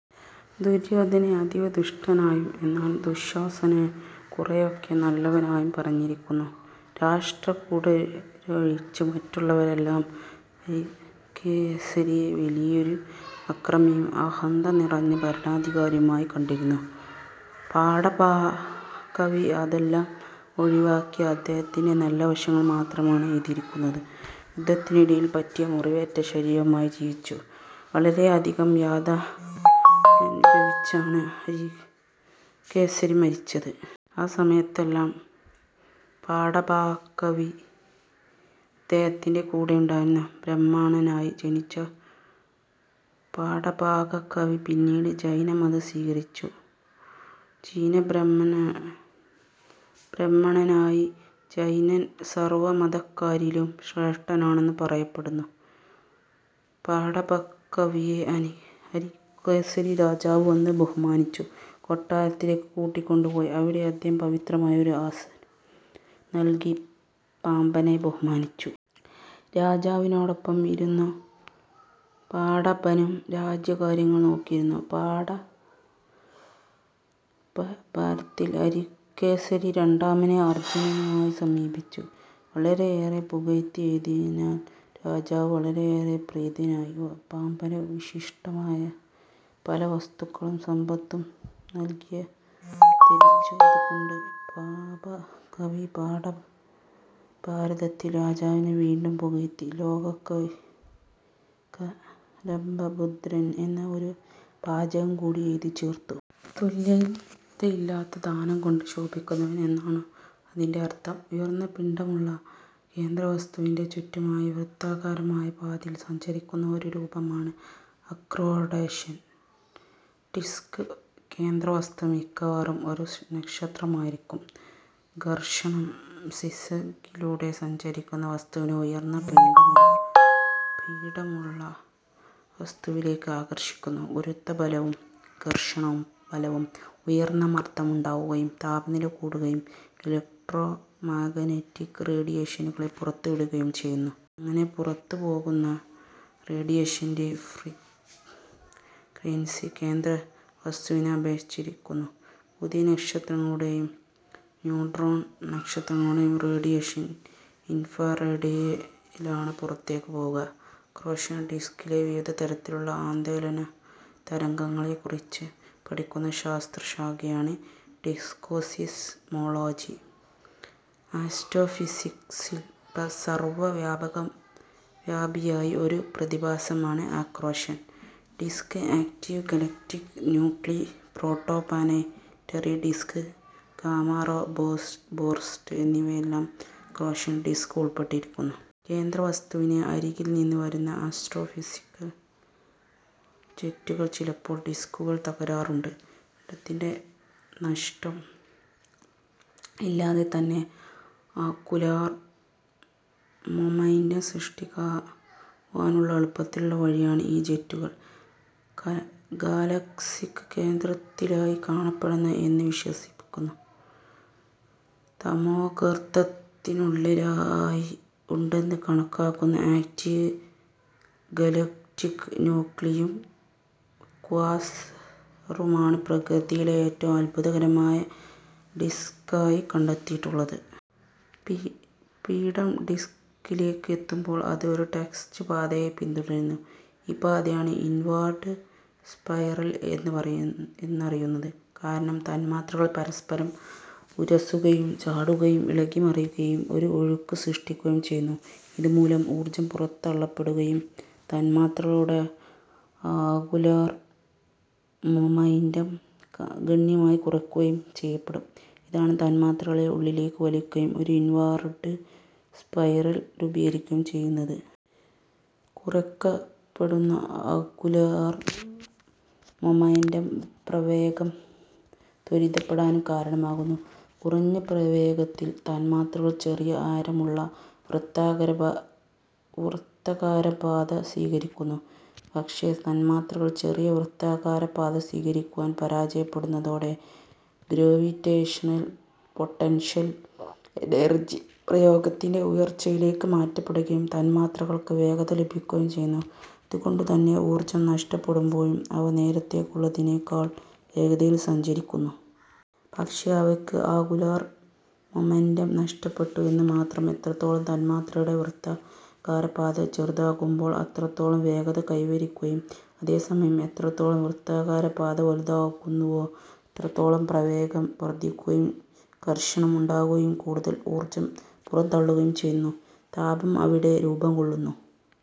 ദുര്യോധനനെ അതീവ ദുഷ്ടനായും, എന്നാൽ ദുശ്ശാസ്സനനെ കുറെയൊക്കെ നല്ലവനായും പറഞ്ഞിരിക്കുന്നു. രാഷ്ട്രകൂടരൊഴിച്ച് മറ്റുള്ളവരെല്ലാം അരികേസരിയെ വലിയൊരു അക്രമിയും, അഹന്ത നിറഞ്ഞ ഭരണാധികാരിയുമായി കണ്ടിരുന്നു. പംപാകവി അതെല്ലാം ഒഴിവാക്കി അദ്ദേഹത്തിൻറെ നല്ലവശങ്ങൾ മാത്രമാണ് എഴുതിയിരിക്കുന്നത്. യുദ്ധത്തിനിടയിൽ പറ്റിയ മുറിവേറ്റ ശരീരവുമായി ജീവിച്ചു വളരെയധികം യാതനയനുഭവിച്ചാണ് അരികേസരി മരിച്ചത്. ആ സമയത്തെല്ലാം പംപാകവി അദ്ദേഹത്തിൻറെ കൂടെയുണ്ടായിരുന്നു. ബ്രാഹ്മണനായി ജനിച്ച പംപാകവി പിന്നീട് ജൈന മതം സ്വീകരിച്ച് ജിനബ്രാഹ്മണനായി. ജൈനൻ സർവ്വ മതക്കാരിലും ശ്രേഷ്ഠനാണെന്നു പറയപ്പെടുന്നു. പംപാകവിയെ അരികേസരി രാജാവ് വന്നു ബഹുമാനിച്ചു കൊട്ടാരത്തിലേക്കു കൂട്ടിക്കൊണ്ടു പോയി. അവിടെ അദ്ദേഹം പവിത്രമായ ഒരു ആസനം നൽകി പമ്പനെ ബഹുമാനിച്ചു. രാജാവിനോടൊപ്പം ഇരുന്നു പംപനും രാജ്യകാര്യങ്ങൾ നോക്കിയിരുന്നു. പംപഭാരതത്തിൽ അരികേസരി രണ്ടാമനെ അർജ്ജുനനുമായി സമീകരിച്ചു വളരെയേറെ പുകഴ്ത്തി എഴുതിയതിനാൽ രാജാവ് വളരെയേറെ പ്രീതനായി പമ്പനു വിശിഷ്ടമായ പല വസ്തുവകകളും സമ്പത്തും നൽകിയാദരിച്ചു. അതുകൊണ്ടു പംപാകവി പംപഭാരതത്തിൽ രാജാവിനെ വീണ്ടും പുകഴ്ത്തി ലോകൈക കല്പദ്രുമൻ എന്ന ഒരു വാചകം കൂടി എഴുതിച്ചേർത്തു. തുല്യതയില്ലാത്ത ദാനം കൊണ്ട് ശോഭിക്കുന്നവൻ എന്നാണു അതിന്റെ അർത്ഥം. ഉയർന്ന പിണ്ഡമുള്ള കേന്ദ്രവസ്തുവിന്റെ ചുറ്റുമായി വൃത്താകാരമായ പാതയിൽ സഞ്ചരിക്കുന്ന ഒരു രൂപമാണ് അക്രേഷൻ ഡിസ്ക്. കേന്ദ്രവസ്തു മിക്കവാറും ഒരു നക്ഷത്രമായിരിക്കും. ഘർഷണം ഡിസ്സകിലൂടെ സഞ്ചരിക്കുന്ന വസ്തുവിനെ ഉയർന്ന പിണ്ഡമുള്ള വസ്തുവിലേക്ക് ആകർഷിക്കുന്നു. ഗുരുത്വബലവും, ഘർഷണ ബലവും ഉയർന്ന മർദ്ദം ഉണ്ടാക്കുകയും, താപനില കൂട്ടുകയും, ഇലക്ട്രോ മാഗനറ്റിക് റേഡിയേഷനുകളെ പുറത്ത് വിടുകയും ചെയ്യുന്നു. അങ്ങനെ പുറത്ത് പോകുന്ന റേഡിയേഷന്റെ ഫ്രീക്വെൻസി കേന്ദ്ര വസ്തുവിനെ അപേക്ഷിച്ചിരിക്കുന്നു. പുതിയ നക്ഷത്രങ്ങളുടേയും, ന്യൂട്രോൺ നക്ഷത്രങ്ങളുടേയും, റേഡിയേഷൻ ഇൻഫ്രാറെഡിലാണ് പുറത്തേക്ക് പോകുക; അക്രേഷൻ ഡിസ്കിലെ വിവിധതരത്തിലുള്ള ആന്തോലന തരംഗങ്ങളെകുറിച്ച് പഠിക്കുന്ന ശാസ്ത്രശാഖയാണ് ഡിസ്ക്കോസീസ്മോളജി. ആസ്റ്റോഫിസിക്ക്സിൽ സർവ്വവ്യാപിയായ ഒരു പ്രതിഭാസമാണ് accretion disc; active galactic nuclei, protoplanetary disc, gamma ray burst എന്നിവയിലെല്ലാം അക്രേഷൻ ഡിസ്ക് ഉപൾപ്പെട്ടിരിക്കുന്നു. കേന്ദ്രവസ്തുവിന്റെ അരികിൽ നിന്ന് വരുന്ന ആസ്റ്റ്രോഫിസിക്കൽ ജെറ്റുകൾ ചിലപ്പോൾ ഡിസ്ക്കുകൾ തരാറുണ്ട്. പിണ്ഡത്തിന്റെ നഷ്ടം ഇല്ലാതെതന്നെ ആങ്കുലാർ മൊമന്റം സൃഷ്ടിക്കുവാനുള്ള എളുപ്പത്തിലുള്ള വഴിയാണ് ഈ ജെറ്റുകൾ. ഗാലക്സിക്ക് കേന്ദ്രത്തിലായി കാണപ്പെടുന്നു എന്ന് വിശ്വസിക്കുന്ന തമോഗർത്തത്തിനുള്ളിലായിഉണ്ടെന്ന് കണക്കാക്കുന്ന ആക്റ്റീവ് ഗലക്റ്റിക് നൂക്ലിയും, ക്വാസാറുമാണ് പ്രകൃതിയിലെ ഏറ്റവും അത്ഭുതകരമായ ഡിസ്കായി കണ്ടെത്തിയിട്ടിള്ളത്. പിണ്ഡം ഡിസ്കിലേക്ക് എത്തുമ്പോൾ അത് ഒരു ടെന്റക്സ് പാതയെ പിൻതുടരുന്നു, ഈ പാതയാണ് ഇൻവാർഡ് സ്പൈറൽ എന്നറിയുന്നത്. കാരണം തന്മാത്രകൾ പരസ്പരം ഉരസുകയും, ചാടുകയും ഇളകിമറിയുന്ന ഒരു ഒഴുക്ക് സൃഷ്ടിക്കുകയും, ചെയ്യുന്നു, ഇതുമൂലം ഊർജ്ജം പുറന്തള്ളപ്പെടുകയും, തന്മാത്രകളുടെ ആങ്കുലാർ മൊമന്റം ഗണ്യമായി കുറക്കുകയും ചെയ്യപ്പെടും, ഇതാണ് തന്മാത്രകളെ ഉള്ളിലേക്ക് വലിക്കുകയും, ഒരു ഇൻവാർഡ് സ്പൈരൽ രൂപീകരിക്കുകയും ചെയ്യുന്നത്. കുറയ്ക്കപ്പെടുന്ന ആങ്കുലാർ മൊമന്റം പ്രവേഗം ത്വരിതപ്പെടാനും കാരണമാകുന്നു. കുറഞ്ഞ പ്രവേഗത്തിൽ തന്മാത്രകൾ ചെറിയ ആരമുള്ള വൃത്താകാരപാത സ്വീകരിക്കുന്നു. പക്ഷെ തന്മാത്രകൾ ചെറിയ വൃത്താകാര പാത സ്വീകരിക്കുവാൻ പരാജയപ്പെടുന്നതോടെ ഗ്രാവിറ്റേഷ്ണൽ പൊട്ടൻഷ്യൽ എനർജി പ്രവേഗത്തിന്റെ ഉയർച്ചയിലേക്ക് മാറ്റപ്പെടുകയും തന്മാത്രകൾക്ക് വേഗത ലഭിക്കുകയു ചെയ്യുന്നു. അതുകൊണ്ടുതന്നെ ഊർജ്ജം നഷ്ടപ്പെടുമ്പോഴും അവ നേരത്തേയുള്ളതിനേക്കാൾ വേഗതയിൽ സഞ്ചരിക്കുന്നു. പക്ഷെ അവയ്ക്ക് ആങ്കുലാർ മൊമന്റം നഷ്ടപ്പെട്ടു എന്ന് മാത്രം. എത്രത്തോളം തന്മാത്രയുടെ വൃത്താകാര പാത ചെറുതാകുന്നുവോ അത്രത്തോളം വേഗത കൈവരിക്കുകയും, അതേ സമയം എത്രത്തോളം വൃത്താകാര പാത വലുതാകുന്നുവോ അത്രത്തോളം പ്രവേഗം വർദ്ധിക്കുകയും, ഘർഷണം ഉണ്ടാകുകയും, കൂടുതൽ ഊർജ്ജം പുറംതള്ളുകയും ചെയ്യുന്നു. താപം അവിടെ രൂപംകൊള്ളുന്നു.